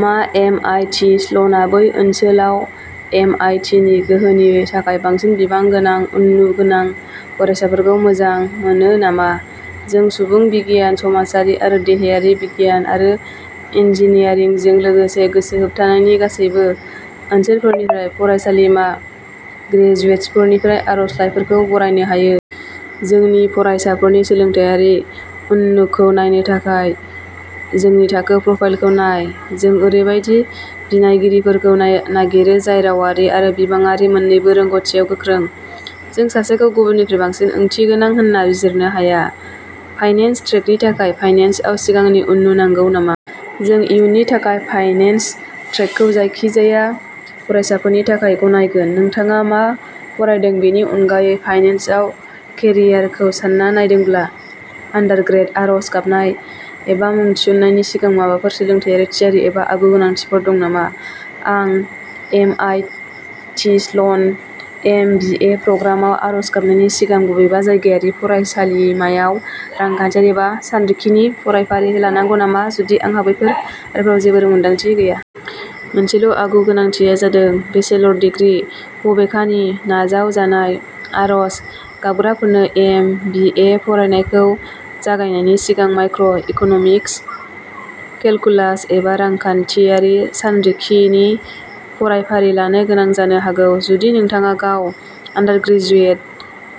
मा M I T स्ल'ना बै ओनसोलाव एम आइ टि नि गोहोनि थाखाय बांसिन बिबां गोनां उननु गोनां फरायसाफोरखौ मोजां मोनो नामा? जों सुबुं बिगियान, समाजारि आरो देहायारि बिगियान आरो इन्जिनियारिंजों लोगोसे गोसो होथाबनायनि गासैबो ओनसोलफोरनिफ्राय फरायसालिमा ग्रेजुएट्सफोरनिफ्राय आर'जलाइफोरखौ बरायनो हायो। जोंनि फरायसाफोरनि सोलोंथायारि उननुखौ नायनो थाखाय जोंनि थाखो प्रफाइलखौ नाय। जों ओरैबायदि बिनायगिरिफोरखौ नागिरो जाय रावारि आरो बिबांआरि मोननैबो रोंग'थियाव गोख्रों। जों सासेखौ गुबुननिख्रुइ बांसिन ओंथिगोनां होन्ना बिजिरनो हाया। फाइनेन्स ट्रेकनि थाखाय फाइनेन्सआव सिगांनि उननु नांगौ नामा? जों इयुननि थाखाय फाइनेन्स ट्रेकखौ जायखिजाया फरायसाफोरनि थाखाय गनायगोन, नोंथाङा मा फरायदों बेनि अनगायै, फाइनेन्सआव केरियारखौ सान्ना नायदोंब्ला। आन्डारग्रेद। आर'ज गाबनाय एबा मुं थिसननायनि सिगां माबाफोर सोलोंथायारि थियारि एबा आगु-गोनांथिफोर दं नामा? आं M I T Sloan M B A प्रग्रामाव आरज गाबनायनि सिगां बबेबा जायगायारि फरायसालिमायाव रांखान्थियारि एबा सानरिखिनि फरायफारि लानांगौ नामा, जुदि आंहा बैफोर आयदाफोराव जेबो रोंमोनदांथि गैया? मोनसेल'आगु-गोनांथिआ जादों बेचलर दिग्रि। बबेखानि, नाजावजानाय आरज गाबग्राफोरनो एम बि ए फरायनायखौ जागायनायनि सिगां माइक्र' इक'नमिक्स, केलकुलास, एबा रांखान्थियारि सानरिखिनि फरायफारि लानो गोनां जानो हागौ। जुदि नोंथाङा गावनि आन्डारग्रेजुएट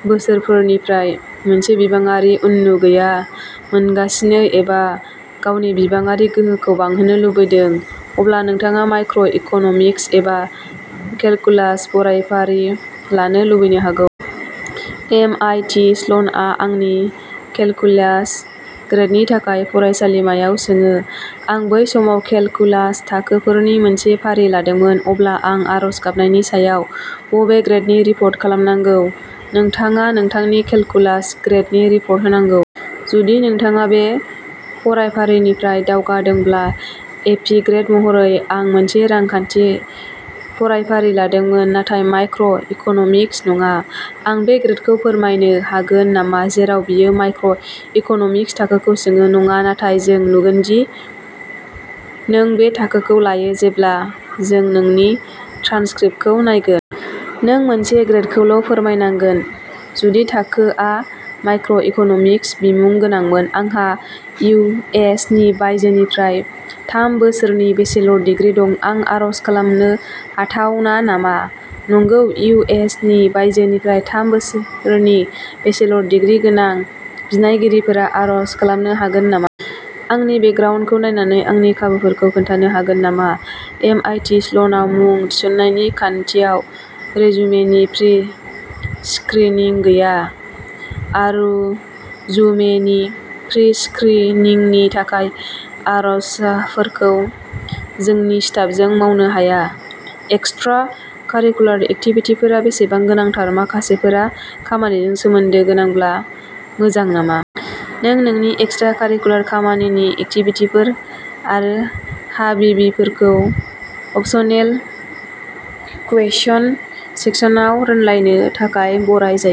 बोसोरफोरनिफ्राय मोनसे बिबांआरि उननु गैया मोनगासिनो एबा गावनि बिबांआरि गोहोखौ बांहोनो लुबैदों, अब्ला नोंथाङा माइक्र' इक'न'मिक्स एबा केलकुलास फरायफारि लानो लुबैनो हागौ। एम आइ टि स्ल'नआ आंनि केलकुलास ग्रेडनि थाखाय फरायसालिमायाव सोङो। आं बै समाव केलकुलास थाखोफोरनि मोनसे फारि लादोंमोन, अब्ला आं आर'ज गाबनायनि सायाव बबे ग्रेडनि रिपर्ट खालामनांगौ? नोंथाङा नोंथांनि केलकुलास। ग्रेडनि रिपर्ट होनांगौ। जुदि नोंथाङा बे फरायफारिनिफ्राय दावगादोंब्ला, एपि ग्रेड महरै। आं मोनसे रांखान्थि फरायफारि लादोंमोन नाथाय माइक्र' इक'नमिक्स नङा। आं बे ग्रेडखौ फोरमायनो हागोन नामा जेराव बेयो माइक्र' इक'नमिक्स थाखोखौ सोङो? नङा, नाथाय जों नुगोन दि नों बे थाखोखौ लायो जेब्ला जों नोंनि ट्रान्सक्रिप्टखौ नायगोन। नों मोनसे ग्रेदखौल' फोरमायनांगोन जुदि थाखोआ माइक्र' इक'नमिक्स बिमुं गोनांमोन। आंहा इउ एस नि बायजोनिफ्राय थाम बोसोरनि बेचलर डिग्री दं। आं आर'ज खालामनो हाथावना नामा? नंगौ। इउ एस नि बायजोनिफ्राय थाम बोसोरनि बेचलर डिग्री गोनां बिनायगिरिफोरा आर'ज खालामनो हागोन नामा? आंनि बेकग्राउन्डखौ नायनानै आंनि खाबुफोरखौ खोन्थानो हागोन नामा? एम आइ टि स्ल'नाव मुं थिसननायनि खान्थियाव रिजुमेनि प्रि-स्क्रिनिं गैया। आर'जुमेनि प्रि-स्क्रिनिंनि थाखाय आर'ज्सफोरखौ जोंनि स्टाफजों मावनो हाया। एक्सट्रा-कारिकुलार एक्टिभिटिफोरा बेसेबां गोनांथार? माखासेफोरा खामानिजों सोमोन्दो गोनांब्ला मोजां नामा? नों नोंनि एक्सट्रा-कारिकुलार खामानिनि एक्टिभिटिफोर आरो हाबिबिफोरखौ अपसनेल क्वेश्चन सेक्सनाव रानलायनो थाखाय बराय जायो।